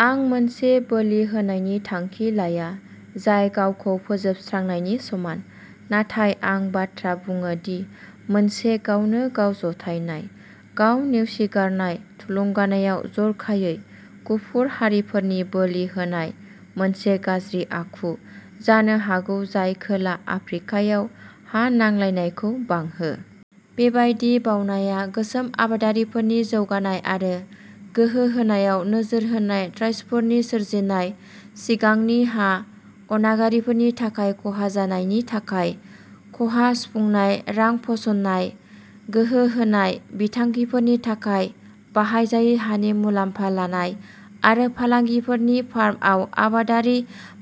आं मोनसे बोलि होनायनि थांखि लाया जाय गावखौ फोजोबस्रांनायनि समान, नाथाय आं बाथ्रा बुङो दि मोनसे गावनो-गाव जथायनाय। गाव-नेवसिगारनायनि थुलुंगायाव जर'खायै गुफुर हारिफोरनि बोलि होनाया मोनसे गाज्रि आखु जानो हागौ जाय खोला आफ्रिकायाव हा नांलायनायखौ बांहो। बेबादि बावनाया गोसोम आबादारिफोरनि जौगानाय आरो गोहो होनायाव नोजोर होनाय ट्रास्टफोरनि सोरजिनाय; सिगांनि हा अनागारिफोरनि थाखाय खहा जानायनि थाखाय खहा सुफुंनाय रां फसंनाय; गोहो होनाय बिथांखिफोरनि थाखाय बाहायजायै हानि मुलाम्फा लानाय; आरो फालांगियारि फार्मफोराव आबादारि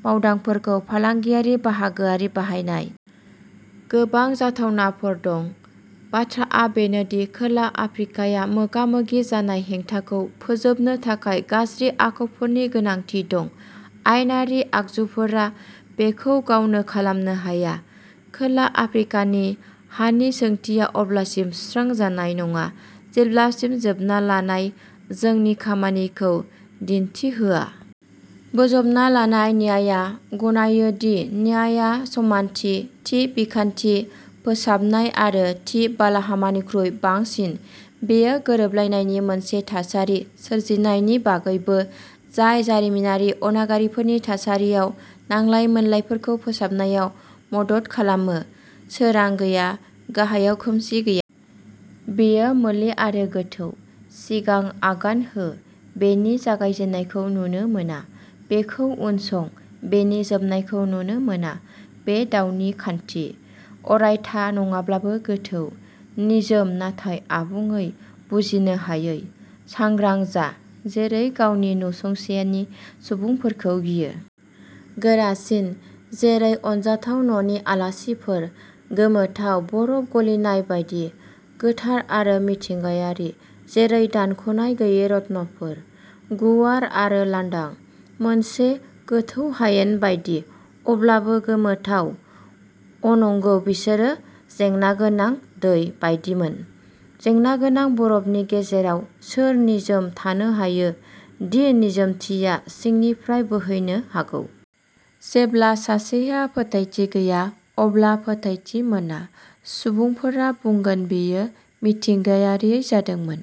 मावदांसाफोरखौ फालांगियारि बाहागोआरि बानायनाय। गोबां जाथावनाफोर दं। बाथ्राआ बेनो दि खोला आफ्रिकाया मोगा-मोगि जानाय हेंथाखौ फोजोबनो थाखाय गाज्रि आखुफोरनि गोनांथि दं। आयेनारि आगजुफोरा बेखौ गावनो खालामनो हाया। खोला आफ्रिकानि हानि सोंथिया अब्लासिम सुस्रां जानाय नङा जेब्लासिम बोजबना लानाय जोंनि खामानिफोरखौ दिथा होआ। बोजबना लानाय न्यायआ गनायो दि न्यायआ समानथि, थि बिखान्थि, फोसाबनाय आरो थि बालाहामानिख्रुइ बांसिन; बेयो गोरोबलायनायनि मोनसे थासारि सोरजिनायनि बागैबो जाय जारिमिनारि अनागारिफोरनि थासारियाव नांलाय-मोनलायफोरखौ फोजोबनायाव मदद खालामो। सोरां गैया; गाहायाव, खोमसि गैया। बेयो मोले आरो गोथौ। सिगां आगान हो, बेनि जागायजेन्नायखौ नुनो मोना; बेखौ उनसं, बेनि जोबनायखौ नुनो मोना। बेयो दावनि खान्थि। अरायथा नङाब्लाबो गोथौ, निजोम नाथाय आबुङै बुजिनो हायै। सांग्रां जा, जेरै गावनि नसुंसेनि सुबुंफोरखौ गियो। गोरासिन, जेरै अनजाथाव न'नि आलासिफोर। गोमोथाव, बरफ गलिनाय बायदि। गोथार आरो मिथिंगायारि, जेरै दानख'नाय गैयै रत्नफोर। गुवार आरो लांदां, मोनसे गोथौ हायेन बायदि। अब्लाबो गोमोथाव, अ'नंगौ, बिसोरो जेंनागोनां दै बायदिमोन। जेंनागोनां बारनि गेजेराव सोर निजोम थानो हायो, दि निजोमथिया सिंनिफ्राय बोहैनो हागौ? जेब्ला सासेहा फोथायथि गैया, अब्ला फोथायथि मोना। सुबुंफोरा बुंगोन बेयो मिथिंगायारियै जादोंमोन।